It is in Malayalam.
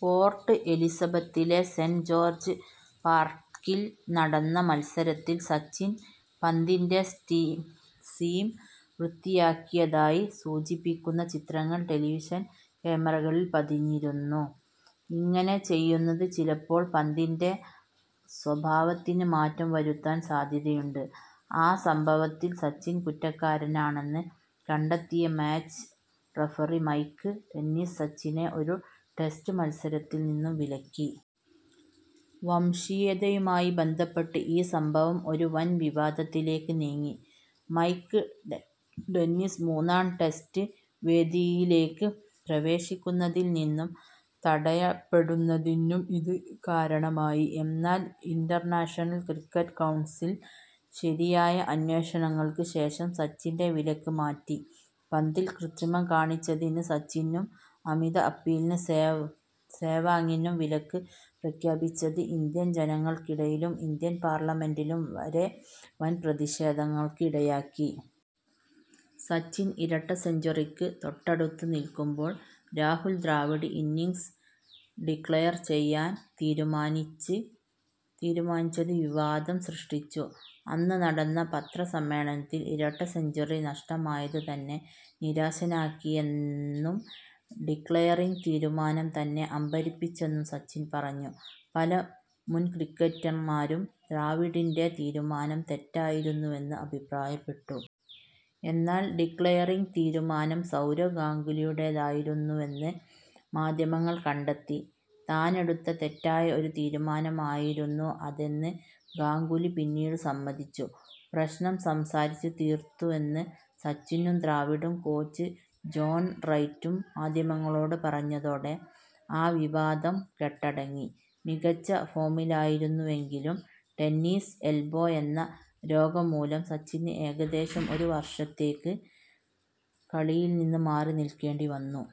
പോർട്ട് എലിസബത്തിലെ സേന്റ് ജോർജ് പാർക്കിൽ നടന്ന മത്സരത്തിൽ സച്ചിൻ പന്തിന്റെ സീം വൃത്തിയാക്കിയതായി സൂചിപ്പിക്കുന്ന ചിത്രങ്ങൾ ടെലിവിഷൻ ക്യാമറകളിൽ പതിഞ്ഞിരുന്നു. ഇങ്ങനെ ചെയ്യുന്നത് ചിലപ്പോൾ പന്തിന്റെ സ്വഭാവത്തിന് മാറ്റം വരുത്താൻ സാധ്യതയുണ്ട്. ആ സംഭവത്തിൽ സച്ചിൻ കുറ്റക്കാരനാണെന്ന് കണ്ടെത്തിയ മാച്ച് റഫറി മൈക്ക് ഡെന്നിസ് സച്ചിനെ ഒരു ടെസ്റ്റ് മത്സരത്തിൽ നിന്നും വിലക്കി. വംശീയതയുമായി ബന്ധപ്പെട്ട് ഈ സംഭവം ഒരു വൻ വിവാദത്തിലേക്ക് നീങ്ങി. മൈക്ക് ഡെന്നിസ് മൂന്നാം ടെസ്റ്റ് വേദിയിലേക്ക് പ്രവേശിക്കുന്നതിൽ നിന്നും തടയപ്പെടുന്നതിനും ഇത് കാരണമായി. എന്നാൽ ഇന്റർനാഷണൽ ക്രിക്കറ്റ് കൗൺസിൽ ശരിയായ അന്വേഷണങ്ങൾക്ക് ശേഷം സച്ചിന്റെ വിലക്ക് മാറ്റി. പന്തിൽ കൃത്രിമം കാണിച്ചതിന് സച്ചിനും അമിത അപ്പീലിന് സേവാഗിനും വിലക്ക് പ്രഖ്യാപിച്ചത് ഇന്ത്യൻ ജനങ്ങൾക്കിടയിലും ഇന്ത്യൻ പാർലമെന്റിലും വരെ വൻ പ്രതിഷേധങ്ങൾക്ക് ഇടയാക്കി. സച്ചിൻ ഇരട്ട സെഞ്ച്വറിക്ക് തൊട്ടടുത്ത് നിൽക്കുമ്പോൾ രാഹുൽ ദ്രാവിഡ് ഇന്നിംങ്സ് ഡിക്ലയർ ചെയ്യാൻ തീരുമാനിച്ചത് വിവാദം സൃഷ്ടിച്ചു. അന്ന് നടന്ന പത്ര സമ്മേളനത്തിൽ ഇരട്ട സെഞ്ച്വറി നഷ്ടമായത് തന്നെ നിരാശനാക്കിയെന്നും ഡിക്ലയറിങ്ങ് തീരുമാനം തന്നെ അമ്പരപ്പിച്ചെന്നും സച്ചിൻ പറഞ്ഞു. പല മുൻക്രിക്കറ്റർമാരും ദ്രാവിഡിന്റെ തീരുമാനം തെറ്റായിരുന്നുവെന്ന് അഭിപ്രായപ്പെട്ടു.. എന്നാൽ ഡിക്ലയറിങ്ങ് തീരുമാനം സൗരവ് ഗാംഗുലിയുടേതായിരുന്നുവെന്ന് മാധ്യമങ്ങൾ കണ്ടെത്തി. താനെടുത്ത തെറ്റായ ഒരു തീരുമാനമായിരുന്നു അതെന്ന് ഗാംഗുലി പിന്നീട് സമ്മതിച്ചു. പ്രശ്നം സംസാരിച്ചു തീർത്തുവെന്ന് സച്ചിനും ദ്രാവിഡും കോച്ച് ജോൺ റൈറ്റും മാധ്യമങ്ങളോട് പറഞ്ഞതോടെ ആ വിവാദം കെട്ടടങ്ങി. മികച്ച ഫോമിലായിരുന്നുവെങ്കിലും ടെന്നീസ് എൽബോ എന്ന രോഗം മൂലം സച്ചിന് ഏകദേശം ഒരു വർഷത്തേക്ക് കളിയിൽ നിന്ന് മാറി നിൽക്കേണ്ടിവന്നു.